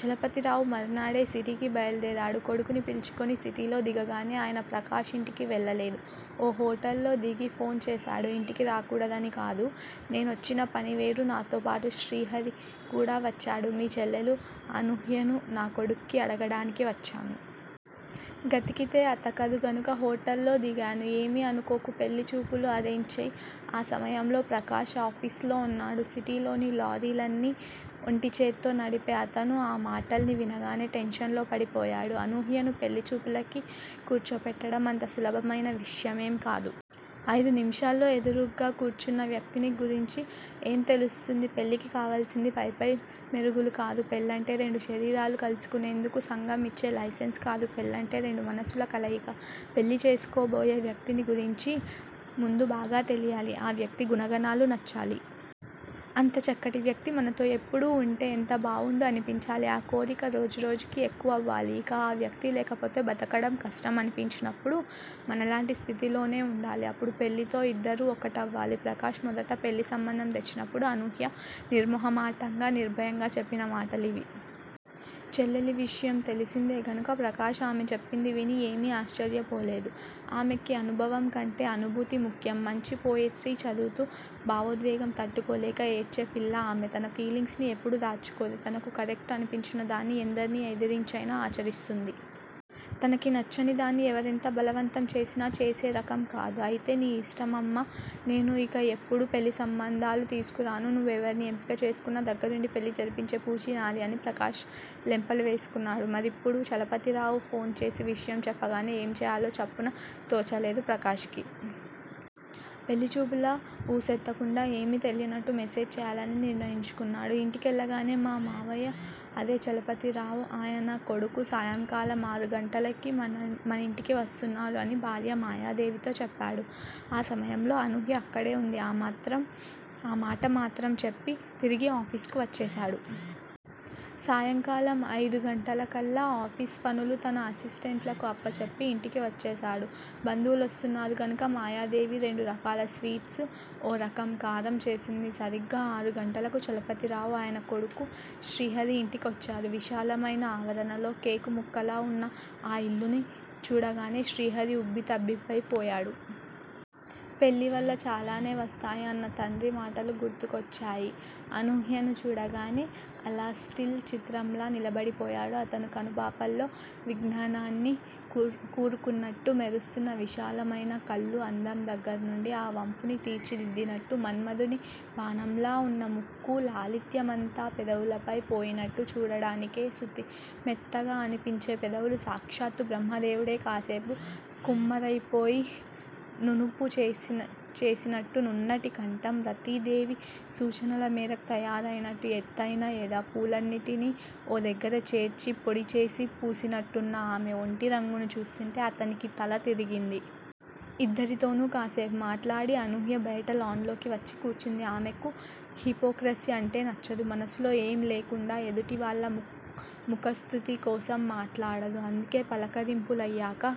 చలపతిరావు మరునాడే సిటీకి బయల్దేరాడు కొడుకుని పిలుచుకుని. సిటీలో దిగగానే ఆయన ప్రకాష్ ఇంటికి వెళ్ళలేదు. ఓ హోటల్ లో దిగి ఫోన్ చేశాడు. ఇంటికి రాకూడదని కాదు. నేనొచ్చిన పని వేరు. నాతో పాటు శ్రీహరి కూడా వచ్చాడు. మీ చెల్లెలు అనూహ్యను నా కొడుక్కి అడగడానికి వచ్చాను. గతికితే అతకదు గనుక హోటల్ లో దిగాను. ఏమీ అనుకోకు. పెళ్ళి చూపులు ఆరెంజ్ చెయ్. ఆ సమయంలో ప్రకాష్ ఆఫీసులో వున్నాడు. సిటీ లోని లారీలన్ని ఒంటిచేత్తో నడిపే అతను ఆ మాటల్ని వినగానే టెన్షన్ లో పడిపోయాడు. అనూహ్యను పెళ్ళి చూపులకి కూర్చోబెట్టడం అంత సులభమైన విషయమేం కాదు. అయిదు నిముషాల్లో ఎదురుగ్గా కూర్చున్న వ్యక్తిని గురించి ఏం తెలుస్తుంది? పెళ్ళికి కావలసింది పైపై మెరుగులు కాదు. పెళ్ళంటే రెండు శరీరాలు కలుసుకునేందుకు సంఘం ఇచ్చే లైసెన్స్ కాదు. పెళ్ళంటే రెండు మనసుల కలయిక. పెళ్ళి చేసుకోబోయే వ్యక్తిని గురించి ముందు బాగా తెలియాలి. ఆ వ్యక్తి గుణగణాలు నచ్చాలి. అంత చక్కటి వ్యక్తి మనతో ఎప్పుడూ ఉంటే ఎంత బావుండు అనిపించాలి. ఆ కోరిక రోజు రోజుకీ ఎక్కువవ్వాలి. ఇక ఆ వ్యక్తి లేకపోతే బతకడం కష్టం అనిపించినప్పుడు మనలాంటి స్థితిలోనే వుండాలి. అప్పుడు పెళ్ళితో ఇద్దరూ ఒక్కటవ్వాలి. ప్రకాష్ మొదట పెళ్ళి సంబంధం తెచ్చినప్పుడు అనూహ్య నిర్మొహమాటంగా, నిర్భయంగా చెప్పిన మాటలివి. చెల్లెలి విషయం తెలిసిందే గనుక ప్రకాష్ ఆమె చెప్పింది విని ఏమీ ఆశ్చర్యపోలేదు. ఆమెకి అనుభవం కంటే అనుభూతి ముఖ్యం. మంచి పొయిట్రీ చదువుతూ భావోద్వేగం తట్టుకోలేక ఏడ్చే పిల్ల ఆమె. తన ఫీలింగ్స్ ని ఎప్పుడూ దాచుకోదు. తనకు కరెక్టు అనిపించిన దాన్ని ఎందర్ని ఎదిరించైనా ఆచరిస్తుంది. తనకు నచ్చని దాన్ని ఎవరెంత బలవంతం చేసినా చేసే రకం కాదు. అయితే నీ ఇష్టమమ్మా. నేను ఇక ఎప్పుడూ పెళ్ళిసంబంధాలు తీసుకురాను. నువ్వు ఎవర్ని ఎంపిక చేసుకున్నా దగ్గరుండి పెళ్ళి జరిపించే పూచీ నాది అని ప్రకాష్ లెంపలు వేసుకున్నాడు. మరిప్పుడు చలపతిరావు ఫోన్ చేసి విషయం చెప్పగానే ఏం చేయాలో చప్పున తోచలేదు ప్రకాష్ కి. పెళ్ళిచూపుల వూసెత్తకుండా ఏమీ తెలియనట్టు మేనేజ్ చేయాలని నిర్ణయించుకున్నాడు. ఇంటికెళ్ళగానే మా మావయ్య, అదే చలపతిరావు, ఆయన కొడుకు సాయంకాలం ఆరు గంటలకి మనింటికి వస్తున్నారు అని భార్య మాయాదేవితో చెప్పాడు. ఆ సమయంలో అనూహ్య అక్కడే వుంది. ఆ మాట మాత్రం చెప్పి తిరిగి ఆఫీసుకి వచ్చేశాడు. సాయంకాలం అయిదుగంటలకల్లా ఆఫీసు పనులు తన అసిస్టెంట్లకు అప్పజెప్పి ఇంటికి వచ్చేశాడు. బంధువులొస్తున్నారు గనుక మాయాదేవి రెండు రకాల స్వీట్సు, ఓ రకం కారం చేసింది. సరిగ్గా ఆరు గంటలకు చలపతిరావు, ఆయన కొడుకు శ్రీహరి ఇంటికొచ్చారు. విశాలమైన ఆవరణలో కేకు ముక్కలా వున్న ఆ ఇల్లుని చూడగానే శ్రీహరి ఉబ్బితబ్బిబ్బయి పోయాడు. పెళ్ళివల్ల చాలానే వస్తాయి అన్న తండ్రి మాటలు గుర్తుకొచ్చాయి. అనూహ్యను చూడగానే అలా స్టిల్ చిత్రంలా నిలబడిపోయాడు అతను. కనుపాపల్లో విజ్ఞానాన్ని కూరుకున్నట్టు మెరుస్తున్న విశాలమైన కళ్ళు, అందం దగ్గర నుండి ఆ వంపుని తీర్చిదిద్దినట్టు మన్మధుని బాణంలా వున్న ముక్కు, లాలిత్యమంతా పెదవులై పోయినట్టు చూడడానికే సుతిమెత్తగా అనిపించే పెదవులు, సాక్షాత్తూ బ్రహ్మదేవుడే కాసేపు కుమ్మరైపోయి నునుపు చేసినట్టు నున్నటి కంఠం, రతీ దేవి సూచనల మేరకు తయారైనట్టున్న ఎత్తయిన ఎద, పూలన్నిటినీ ఓ దగ్గర చేర్చి, పొడి చేసి పూసినట్టున్న ఆమె ఒంటి రంగును చూస్తుంటే అతనికి తల తిరిగింది. ఇద్దరితోనూ కాసేపు మాట్లాడి అనూహ్య బయట లాన్ లోకి వచ్చి కూర్చుంది. ఆమెకు హిపోక్రసీ అంటే నచ్చదు. మనసులో ఏం లేకుండా ఎదుటివాళ్ళ ముఖస్తుతి కోసం మాట్లాడదు. అందుకే పలకరింపులయ్యాక